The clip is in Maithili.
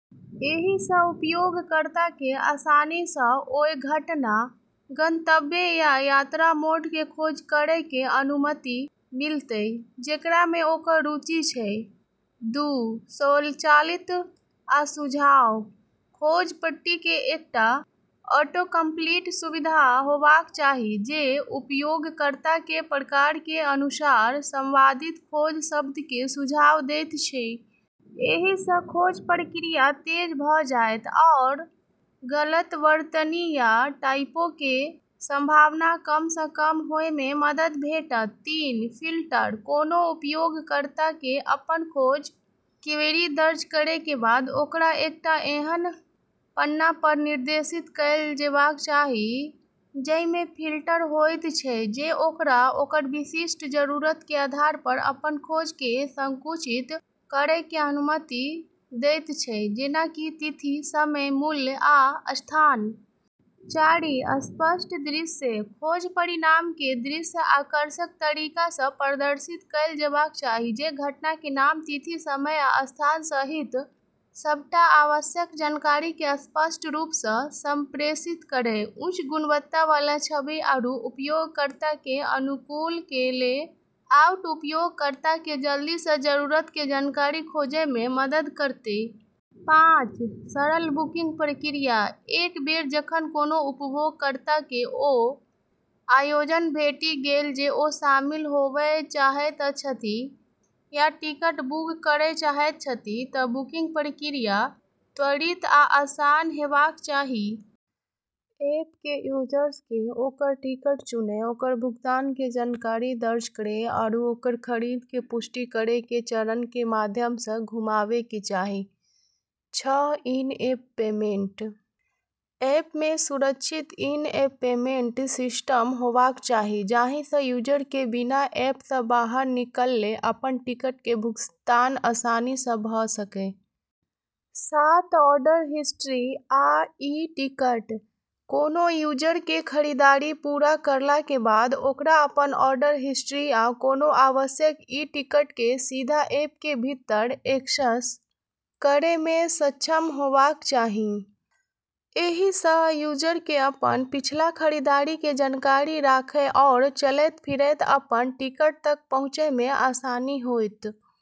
एहिसँ उपयोगकर्ता केँ आसानी सँ ओय घटना, गंतव्य, या यात्रा मोड केँ खोज करय के अनुमति मिलतय, जेकरा मे ओकर रुचि छै। दू. स्वचालित आ सुझाव: खोज पट्टी मे एकटा ऑटोकम्पलीट सुविधा होबाक चाही जे उपयोगकर्ता के प्रकार के अनुसार संभावित खोज शब्द के सुझाव दैत छै। एहि सँ खोज प्रक्रिया तेज भऽ जाएत आओर गलत वर्तनी या टाइपो के संभावना कम सँ कम होए मे मदद भेटत। तीन. फिल्टर: कोनो उपयोगकर्ता के अपन खोज क्वेरी दर्ज करय के बाद ओकरा एकटा एहन पन्ना पर निर्देशित कएल जेबाक चाही जइ मे फिल्टर होयत छै जे ओकरा ओकर विशिष्ट जरूरत के आधार पर अपन खोज के संकुचित करय के अनुमति देयत छै, जेना कि तिथि, समय, मूल्य, आ स्थान। चारि. स्पष्ट दृश्य: खोज परिणाम के दृश्य आकर्षक तरीका सँ प्रदर्शित कएल जेबाक चाही जे घटना के नाम, तिथि, समय, आ स्थान सहित सबटा आवश्यक जानकारी के स्पष्ट रूप सँ संप्रेषित करय। उच्च गुणवत्ता वाला छवि आरू उपयोगकर्ता के अनुकूल लेआउट उपयोगकर्ता केँ जल्दी सँ जरूरत के जानकारी खोजै मे मदद करतै। पाँच. सरल बुकिंग प्रक्रिया: एक बेर जखन कोनो उपयोगकर्ता के ओ आयोजन भेटि गेल जे ओ शामिल होबय चाहैत छथि या टिकट बुक करय चाहैत छथि तऽ बुकिंग प्रक्रिया त्वरित आ आसान हेबाक चाही। ऐप केँ यूजर्स के ओकर टिकट चुनै, ओकर भुगतान के जानकारी दर्ज करै, आरू ओकर खरीद के पुष्टि करै के चरण के माध्यम सँ घुमाबै के चाही। छः. इन-एप पेमेंट: ऐप मे सुरक्षित इन-एप पेमेंट सिस्टम होबाक चाही जाहि सँ यूजर के बिना ऐप सँ बाहर निकलने अपन टिकट के भुगतान आसानी सँ भऽ सकै। सात. ऑर्डर हिस्ट्री आ ई-टिकट: कोनो यूजर के खरीदारी पूरा करला के बाद ओकरा अपन ऑर्डर हिस्ट्री आ कोनो आवश्यक ई-टिकट के सीधा ऐप के भीतर एक्सेस करय मे सक्षम हेबाक चाही। एहि सँ यूजर के अपन पिछला खरीदारी के जानकारी राखय आओर चलैत-फिरैत अपन टिकट तक पहुँचय मे आसानी होएत।